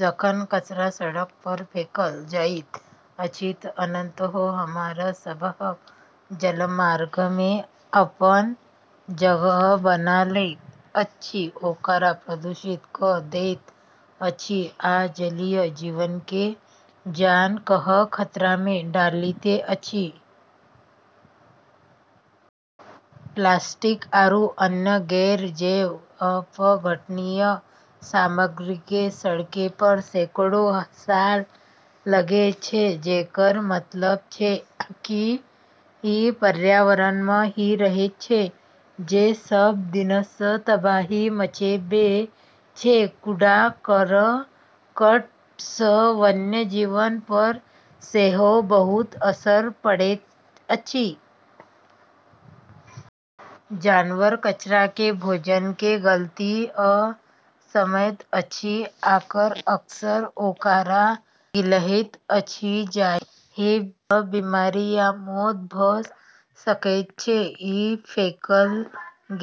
जखन कचरा सड़क पर फेंकल जाइत अछि तऽ अंततः ओ हमरा सबहक जलमार्ग मे अपन जगह बना लैत अछि, ओकरा प्रदूषित कऽ दैत अछि, आ जलीय जीव के जान कए खतरा मे डालैत अछि। प्लास्टिक आरू अन्य गैर-जैव अपघटनीय सामग्री क॑ सड़ै म॑ [सैकड़ों] साल लगै छै, जेकरऽ मतलब छै कि ई पर्यावरण म॑ ही रहै छै, जे सभ दिनसँ तबाही मचबै छै। कूड़ा-करकट सँ वन्यजीव पर सेहो बहुत असर पड़ैत अछि। जानवर कचरा के भोजन के गलती सँ समझैत अछि आ अक्सर ओकरा निगलैत अछि, जहि सँ बीमारी या मौत भऽ सकय छै। ई फेंकल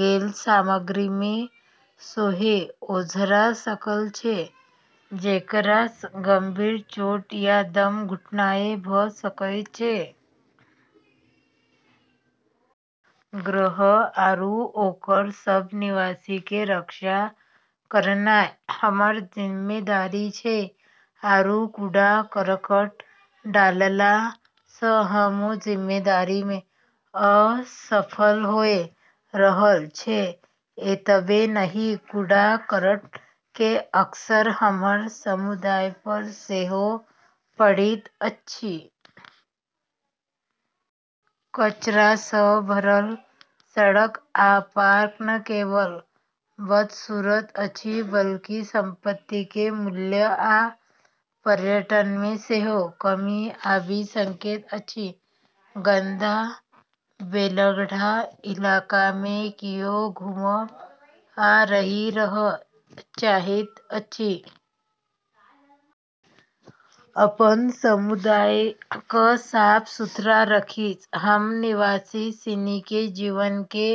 गेल सामग्री मे सेहो ओझरा सकय छै, जेकरा सँ गंभीर चोट या दम घुटनाय भऽ सकय छै। ग्रह आरू ओकर सब निवासी के रक्षा करनाय हमर जिम्मेदारी छै, आरू कूड़ा-करकट डालला स॑ हम्मं॑ वू जिम्मेदारी म॑ असफल होय रहलऽ छियै। एतबे नहि, कूड़ा-करकट के असर हमर समुदाय पर सेहो पड़ैत अछि। कचरा सँ भरल सड़क आ पार्क न केवल बदसूरत अछि बल्कि संपत्ति के मूल्य आ पर्यटन मे सेहो कमी आबि सकैत अछि। गंदा, बेढंगा इलाका मे कियो घुमब आ नहि रहय चाहैत अछि। अपन समुदाय क॑ साफ-सुथरा रखी क॑ हम्मं॑ निवासी सिनी के जीवन के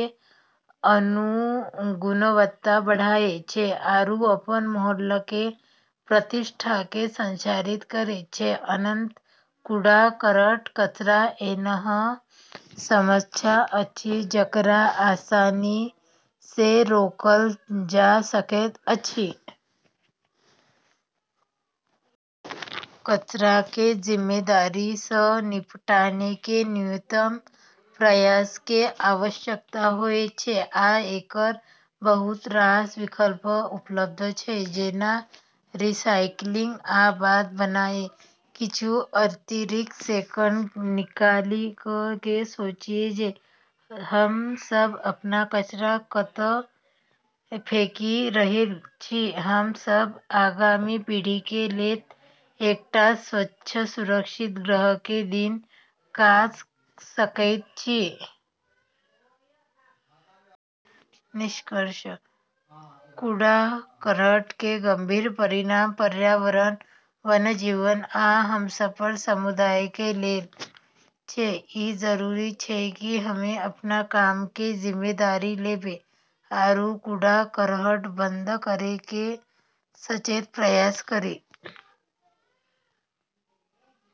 गुणवत्ता बढ़ाबै छियै, आरू अपन मोहल्ला के प्रतिष्ठाकें संरक्षित करै छियै। अंततः कूड़ा-करकट एकटा एहन समस्या अछि जकरा आसानी सँ रोकल जा सकैत अछि। कचरा के जिम्मेदारी सँ निपटान मे न्यूनतम प्रयास के आवश्यकता होयत छै, आ एकर बहुत रास विकल्प उपलब्ध छै, जेना रिसाइकिलिंग आ खाद बनानाय। किछु अतिरिक्त सेकेंड निकालि क' ई सोचि क' जे हम सभ अपन कचरा कतय फेकि रहल छी, हम सभ आगामी पीढ़ी के लेल एकटा स्वच्छ, सुरक्षित ग्रह के दिस काज क' सकैत छी। निष्कर्षतः, कूड़ा-करकट के गंभीर परिणाम पर्यावरण, वन्यजीव आ हमर समुदाय के लेल होयत छै। ई जरूरी छै कि हम्में अपन काम के जिम्मेदारी लेबै आरू कूड़ा-करकट बंद करै के सचेत प्रयास करी।